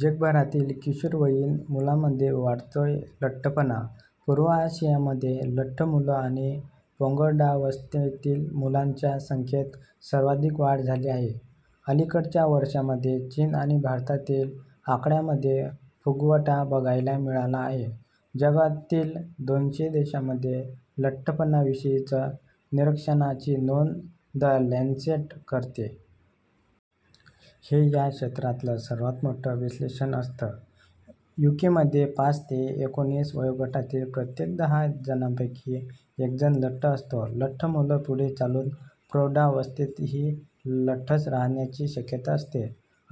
जगभरातील किशोरवयीन मुलांमध्ये वाढतोय लठ्ठपणा पूर्व आशियामध्ये लठ्ठ मुलं आणि पौगंडावस्थेतील मुलांच्या संख्येत सर्वाधिक वाढ झाली आहे. अलिकडच्या वर्षांमध्ये चीन आणि भारतातील आकड्यांमध्ये फुगवटा बघायला मिळाला आहे. जगातील दोनशे देशांमध्ये लठ्ठपणाविषयीचं निरक्षणाची नोंद 'द लॅन्सेट' करते. हे या क्षेत्रातलं सर्वांत मोठं विश्लेषण असतं. यूकेमध्ये पाच ते एकोणीस वयोगटातील प्रत्येक दहा जणांपैकी एकजण लठ्ठ असतो. लठ्ठ मुलं पुढे चालून प्रौढावस्थेतही लठ्ठच राहण्याची शक्यता असते.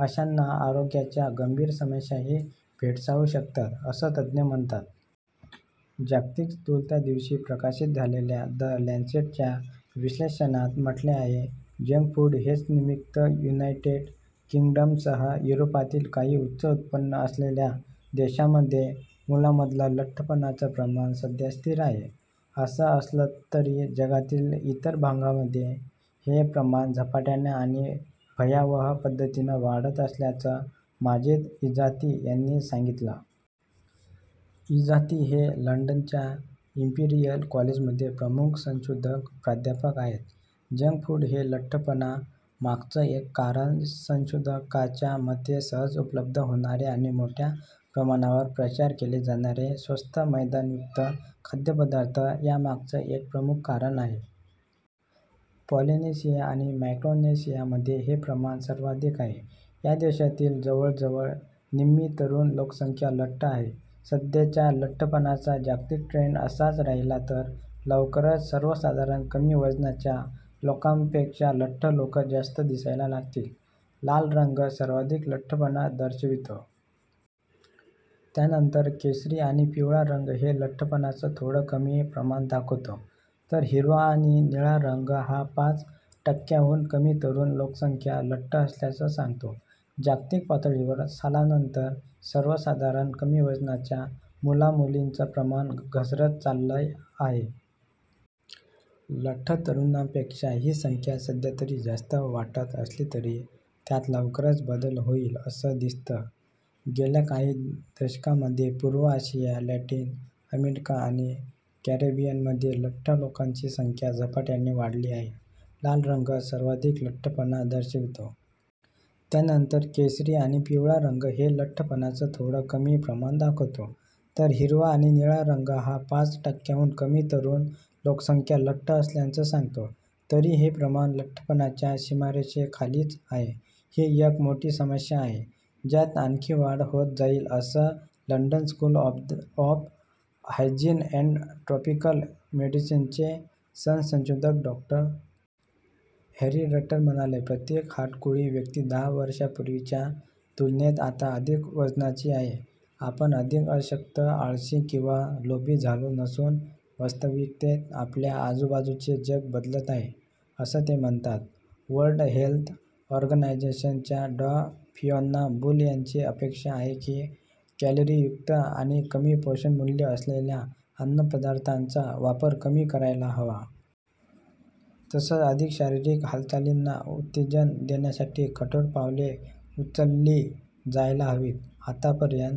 अशांना आरोग्याच्या गंभीर समस्याही भेडसावू शकतात, असं तज्ज्ञ म्हणतात. जागतिक स्थूलता दिवशी प्रकाशीत झालेल्या 'द लॅन्सेट'च्या विश्लेषणात म्हटले आहे. जंकफूड हेच निमित्त युनायटेड किंगडमसह युरोपातील काही उच्च उत्पन्न असलेल्या देशांमध्ये मुलांमधलं लठ्ठपणाचं प्रमाण सध्या स्थिर आहे. असं असलं तरी जगातील इतर भागांमध्ये हे प्रमाण झपाट्यानं आणि भयावह पद्धतीनं वाढत असल्याचं माजिद इझाती यांनी सांगितलं. इझाती हे लंडनच्या इंपिरियल कॉलेजमध्ये प्रमुख संशोधक प्राध्यापक आहेत. जंक फूड हे लठ्ठपणा मागचं एक कारण संशोधकांच्या मते सहज उपलब्ध होणारे आणि मोठ्या प्रमाणावर प्रचार केले जाणारे स्वस्त मैदायुक्त खाद्यपदार्थ यामागचं एक प्रमुख कारण आहे. पॉलिनेशिया आणि मायक्रोनेशियामध्ये हे प्रमाण सर्वाधिक आहे. या देशांतील जवळजवळ निम्मी तरुण लोकसंख्या लठ्ठ आहे. सध्याचा लठ्ठपणाचा जागतिक ट्रेंड असाच राहिला तर लवकरच सर्वसाधारण कमी वजनाच्या लोकांपेक्षा लठ्ठ लोकं जास्त दिसायला लागतील. लाल रंग सर्वाधिक लठ्ठपणा दर्शवितो. त्यानंतर केशरी आणि पिवळा रंग हे लठ्ठपणाचं थोडं कमी प्रमाण दाखवतो. तर हिरवा आणि निळा रंग हा पाच टक्क्यांहून कमी तरुण लोकसंख्या लठ्ठ असल्याचं सांगतो. जागतिक पातळीवर सालानंतर सर्वसाधारण कमी वजनाच्या मुलामुलींचं प्रमाण घसरत चाललं आहे. लठ्ठ तरुणांपेक्षा ही संख्या सध्यातरी जास्त वाटत असली तरी त्यात लवकरच बदल होईल असं दिसतं. गेल्या काही दशकांमध्ये पूर्व आशिया, लॅटिन अमेरिका आणि कॅरेबियनमध्ये लठ्ठ लोकांची संख्या झपाट्याने वाढली आहे. लाल रंग सर्वाधिक लठ्ठपणा दर्शवितो. त्यानंतर केशरी आणि पिवळा रंग हे लठ्ठपणाचं थोडं कमी प्रमाण दाखवतो. तर हिरवा आणि निळा रंग हा पाच टक्क्यांहून कमी तरुण लोकसंख्या लठ्ठ असल्याचं सांगतो. तरी हे प्रमाण लठ्ठपणाच्या सीमारेषेखालीच आहे. ही एक मोठी समस्या आहे ज्यात आणखी वाढ होत जाईल असं London School of Hygiene and Tropical मेडिसिनचे सहसंशोधक डॉ. हॅरी रट्टर म्हणाले. प्रत्येक हाडकुळी व्यक्ती दहा वर्षांपूर्वीच्या तुलनेत आता अधिक वजनाची आहे. आपण अधिक अशक्त, आळशी किंवा लोभी झालो नसून वास्तविकतेत आपल्या आजूबाजूचे जग बदलत आहे असं ते म्हणतात. वर्ल्ड हेल्थ ऑर्गनायझेशन च्या डॉ फियोना बुल यांची अपेक्षा आहे की कॅलरीयुक्त आणि कमी पोषणमूल्य असलेल्या अन्नपदार्थांचा वापर कमी करायला हवा. तसंच अधिक शारीरिक हालचालींना उत्तेजन देण्यासाठी कठोर पावले उचलली जायला हवीत. आतापर्यंत